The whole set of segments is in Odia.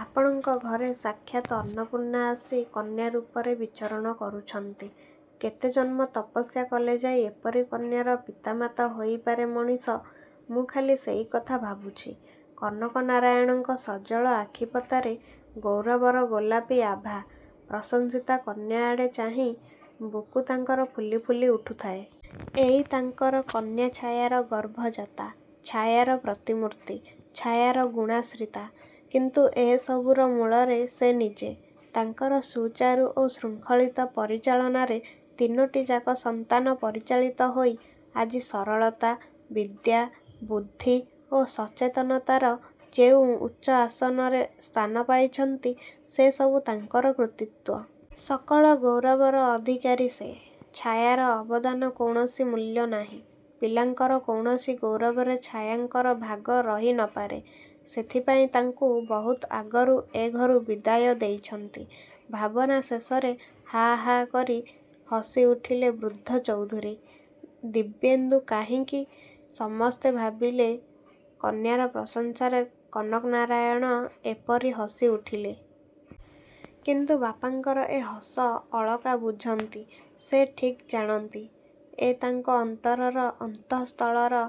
ଆପଣଙ୍କ ଘରେ ସାକ୍ଷାତ ଅର୍ଣ୍ଣପୂର୍ଣ୍ଣା ଆସି କନ୍ୟା ରୂପରେ ବିଚରଣ କରୁଛନ୍ତି। କେତେ ଜନ୍ମ ତପସ୍ୟା କଲେ ଯାଇ ଏପରି କନ୍ୟାର ପିତା ମାତା ହୋଇପାରେ ମଣିଷ, ମୁଁ ଖାଲି ସେଇ କଥା ଭାବୁଛି। କନକନାରାୟଣଙ୍କ ସଜଳ ଆଖିପତାରେ ଗୌରବର ଗୋଲାପୀ ଆଭା। ପ୍ରଶଂସୀତା କନ୍ୟା ଆଡ଼େ ଚାହିଁ ବୁକୁ ତାଙ୍କର ଫୁଲି ଫୁଲି ଉଠୁଥାଏ। ଏଇ ତାଙ୍କର କନ୍ୟାଛାୟାର ଗର୍ଭ-ଜାତା, ଛାୟାର ପ୍ରତିମୂର୍ତ୍ତି, ଛାୟାର ଗୁଣାଶ୍ରୀତା। କିନ୍ତୁ ଏ ସବୁର ମୂଳରେ ସେ ନିଜେ। ତାଙ୍କର ସୁଚାରୁ ଓ ଶୃଙ୍ଖଳିତ ପରିଚାଳନାରେ ତିନୋଟିଯାକ ସନ୍ତାନ ପରିଚାଳନାରେ ହୋଇ ଆଜି ସରଳତା, ବିଦ୍ୟା, ବୁଦ୍ଧି ଓ ସଚେତନତାର ଯେଉଁ ଉଚ୍ଚ ଆସନରେ ସ୍ଥାନ ପାଇଛନ୍ତି ସେ ସବୁ ତାଙ୍କର କୃତୀତ୍ୱ। ସକଳ ଗୌରବର ଅଧିକାରୀ ସେ। ଛାୟାର ଅବଦାନ କୌଣସି ମୂଲ୍ୟ ନାହିଁ। ପିଲାଙ୍କର କୌଣସି ଗୌରବରେ ଛାୟାଙ୍କର ଭାଗ ରହିନପାରେ। ସେଥିପାଇଁ ତାଙ୍କୁ ବହୁତ ଆଗରୁ ଏ ଘରୁ ବିଦାୟ ଦେଇଛନ୍ତି। ଭାବନା ଶେଷରେ ହାଃ, ହାଃ, କରି ହସିଉଠିଲେ ବୃଦ୍ଧ ଚୌଧୁରୀ। ଦିବ୍ୟେନ୍ଦୁ କାହିଁକି, ସମସ୍ତେ ଭାବିଲେ କନ୍ୟାର ପ୍ରଶଂସାରେ କନକନାରାୟଣ ଏପରି ହସିଉଠିଲେ। କିନ୍ତୁ ବାପାଙ୍କର ଏ ହସ ଅଳକା ବୁଝନ୍ତି। ସେ ଠିକ୍ ଜାଣନ୍ତି, ଏ ତାଙ୍କ ଅନ୍ତରର ଅନ୍ତଃସ୍ଥଳର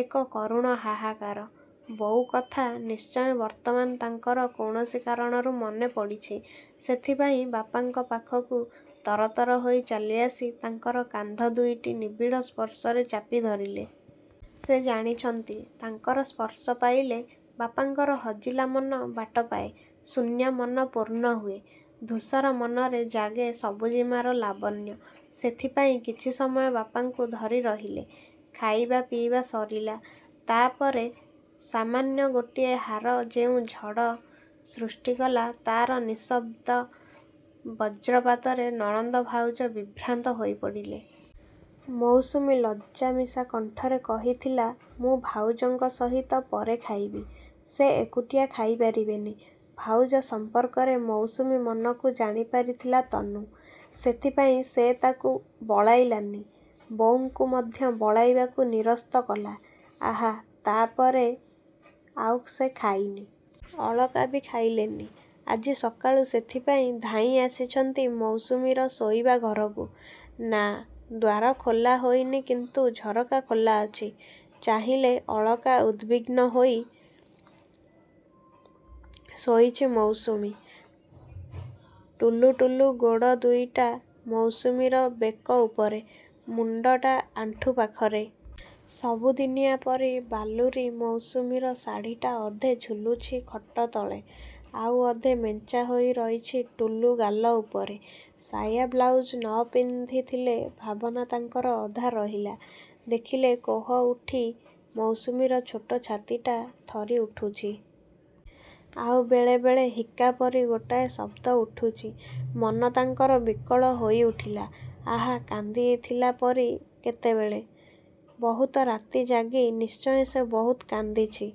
ଏକ କରୁଣ ହାହାକାର। ବୋଉ କଥା ନିଶ୍ଚୟ ବର୍ତ୍ତମାନ ତାଙ୍କର କୌଣସି କାରଣରୁ ମନେପଡ଼ିଛି। ସେଥିପାଇଁ ବାପାଙ୍କ ପାଖକୁ ତରତର ହୋଇ ଚାଲିଆସି ତାଙ୍କର କାନ୍ଧ ଦୁଇଟି ନିବିଡ଼ ସ୍ପର୍ଶରେ ଚାପି ଧରିଲେ। ସେ ଜାଣିଛନ୍ତି ତାଙ୍କର ସ୍ପର୍ଶ ପାଇଲେ ବାପାଙ୍କର ହଜିଲା ମନ ବାଟ ପାଏ, ଶୂନ୍ୟ ମନ ପୂର୍ଣ୍ଣ ହୁଏ, ଧୁସର ମନରେ ଜାଗେ ସବୁଜିମାର ଲାବଣ୍ୟ। ସେଥିପାଇଁ କିଛି ସମୟ ବାପାଙ୍କୁ ଧରି ରହିଲେ। ଖାଇବା ପିଇବା ସରିଲା। ତା' ପରେ ସାମାନ୍ୟ ଗୋଟିଏ ହାର ଯେଉଁ ଝଡ଼ ସୃଷ୍ଟି କଲା ତା'ର ନିଃଶବ୍ଦ ବଜ୍ରପାତରେ ନଣନ୍ଦ ଭାଉଜ ବିଭ୍ରାନ୍ତ ହୋଇପଡ଼ିଲେ। ମୌସୁମୀ ଲଜ୍ଜା ମିଶା କଣ୍ଠରେ କହିଥିଲା ମୁଁ ଭାଉଜଙ୍କ ସହିତ ପରେ ଖାଇବି। ସେ ଏକୁଟିଆ ଖାଇପାରିବେନି। ଭାଉଜ ସମ୍ପର୍କରେ ମୌସୁମୀ ମନକୁ ଜାଣିପାରିଥିଲା ତନୁ। ସେଥିପାଇଁ ସେ ତାକୁ ବଳାଇଲାନି। ବୋଉଙ୍କୁ ମଧ୍ୟ ବଳାଇବାକୁ ନିରସ୍ତ କଲା। ଆହା ତା' ପରେ ଆଉ ସେ ଖାଇନି। ଅଳକା ବି ଖାଇଲେନି। ଆଜି ସକାଳୁ ସେଥିପାଇଁ ଧାଇଁ ଆସିଛନ୍ତି ମୌସୁମୀର ଶୋଇବା ଘରକୁ। ନାଁ, ଦ୍ୱାର ଖୋଲା ହୋଇନି କିନ୍ତୁ ଝରକା ଖୋଲା ଅଛି। ଚାହିଁଲେ ଅଳକା ଉଦ୍‌ବିଗ୍ନ ହୋଇ। ଶୋଇଛି ମୌସୁମୀ। ଟୁଲୁ-ଟୁଲୁ ଗୋଡ଼ ଦୁଇଟା ମୌସୁମୀର ବେକ ଉପରେ, ମୁଣ୍ଡଟା ଆଣ୍ଠୁ ପାଖରେ। ସବୁଦିନିଆ ପରି ବାଲୁରୀ ମୌସୁମୀର ଶାଢ଼ିଟା ଅଧେ ଝୁଲୁଛି ଖଟ ତଳେ, ଆଉ ଅଧେ ମେଞ୍ଚା ହୋଇ ରହିଛି ଟୁଲୁ ଗାଲ ଉପରେ। ସାୟା ବ୍ଳାଉଜ ନ ପିନ୍ଧି ଥିଲେ ଭାବନା ତାଙ୍କର ଅଧା ରହିଲା। ଦେଖିଲେ କୋହ ଉଠି ମୌସୁମୀର ଛୋଟ ଛାତିଟା ଥରି ଉଠୁଛି। ଆଉ ବେଳେ ବେଳେ ହେକ୍କା ପରି ଗୋଟାଏ ଶବ୍ଦ ଉଠୁଛି। ମନ ତାଙ୍କର ବିକଳ ହୋଇ ଉଠିଲା। ଆହା କାନ୍ଦିଥିଲା ପରି କେତେବେଳେ। ବହୁତ ରାତି ଜାଗି ନିଶ୍ଚୟ ସେ ବହୁତ କାନ୍ଦିଛି।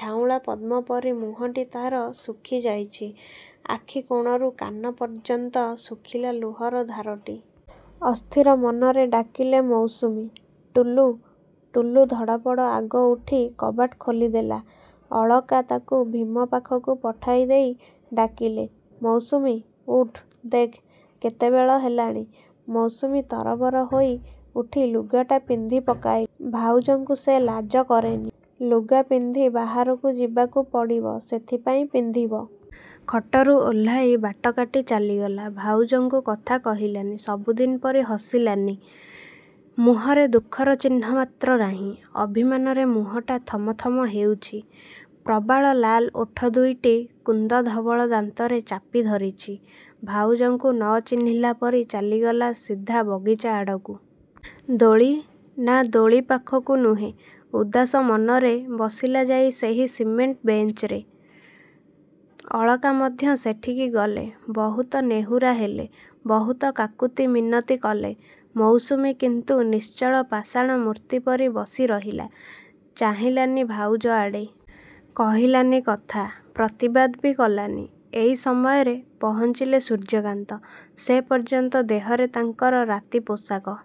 ଝାଉଁଳା ପଦ୍ମ ପରି ମୁହଁଟି ତା'ର ଶୁଖି ଯାଇଛି। ଆଖି କୋଣରୁ କାନ ପର୍ଯ୍ୟନ୍ତ ଶୁଖିଲା ଲୁହର ଧାରଟି। ଅସ୍ଥିର ମନରେ ଡାକିଲେ ମୌସୁମୀ, ଟୁଲୁ-ଟୁଲୁ ଧଡ଼ପଡ଼ ଆଗ ଉଠି କବାଟ ଖୋଲିଦେଲା। ଅଳକା ତାକୁ ଭୀମ ପାଖକୁ ପଠାଇଦେଇ ଡାକିଲେ ମୌସୁମୀ ଉଠ୍, ଦେଖ୍ କେତେବେଳ ହେଲାଣି। ମୌସୁମୀ ତରବର ହୋଇ ଉଠି ଲୁଗାଟା ପିନ୍ଧି ପକାଇଲା। ଭାଉଜଙ୍କୁ ସେ ଲାଜ କରେନି। ଲୁଗା ପିନ୍ଧି ବାହାରକୁ ଯିବାକୁ ପଡ଼ିବ ସେଥିପାଇଁ ପିନ୍ଧିବ। ଖଟରୁ ଓହ୍ଲାଇ ବାଟ କାଟି ଚାଲିଗଲା। ଭାଉଜଙ୍କୁ କଥା କହିଲାନି, ସବୁଦିନ ପରି ହସିଲାନି। ମୁହଁରେ ଦୁଃଖର ଚିହ୍ନ ମାତ୍ର ନାହିଁ। ଅଭିମାନରେ ମୁହଁଟା ଥମଥମ ହେଉଛି। ପ୍ରବାଳ ଲାଲ ଓଠ ଦୁଇଟି କୁନ୍ଦଧବଳ ଦାନ୍ତରେ ଚାପି ଧରିଛି। ଭାଉଜଙ୍କୁ ନ ଚିହ୍ନିଲା ପରି ଚାଲିଗଲା ସିଧା ବଗିଚା ଆଡ଼କୁ। ଦୋଳି? ନା, ଦୋଳି ପାଖକୁ ନୁହେଁ। ଉଦାସ ମନରେ ବସିଲା ଯାଇ ସେହି ସିମେଣ୍ଟ ବେଞ୍ଚରେ। ଅଳକା ମଧ୍ୟ ସେଠିକି ଗଲେ। ବହୁତ ନେହୁରା ହେଲେ, ବହୁତ କାକୁତି ମିନତି କଲେ। ମୌସୁମୀ କିନ୍ତୁ ନିଶ୍ଚଳ ପାଷାଣ ମୂର୍ତ୍ତି ପରି ବସି ରହିଲା। ଚାହିଁଲାନି ଭାଉଜ ଆଡ଼େ। କହିଲାନି କଥା, ପ୍ରତିବାଦ ବି କଲାନି। ଏଇ ସମୟରେ ପହଞ୍ଚିଲେ ସୂର୍ଯ୍ୟକାନ୍ତ। ସେପର୍ଯ୍ୟନ୍ତ ଦେହରେ ତାଙ୍କର ରାତି ପୋଷାକ।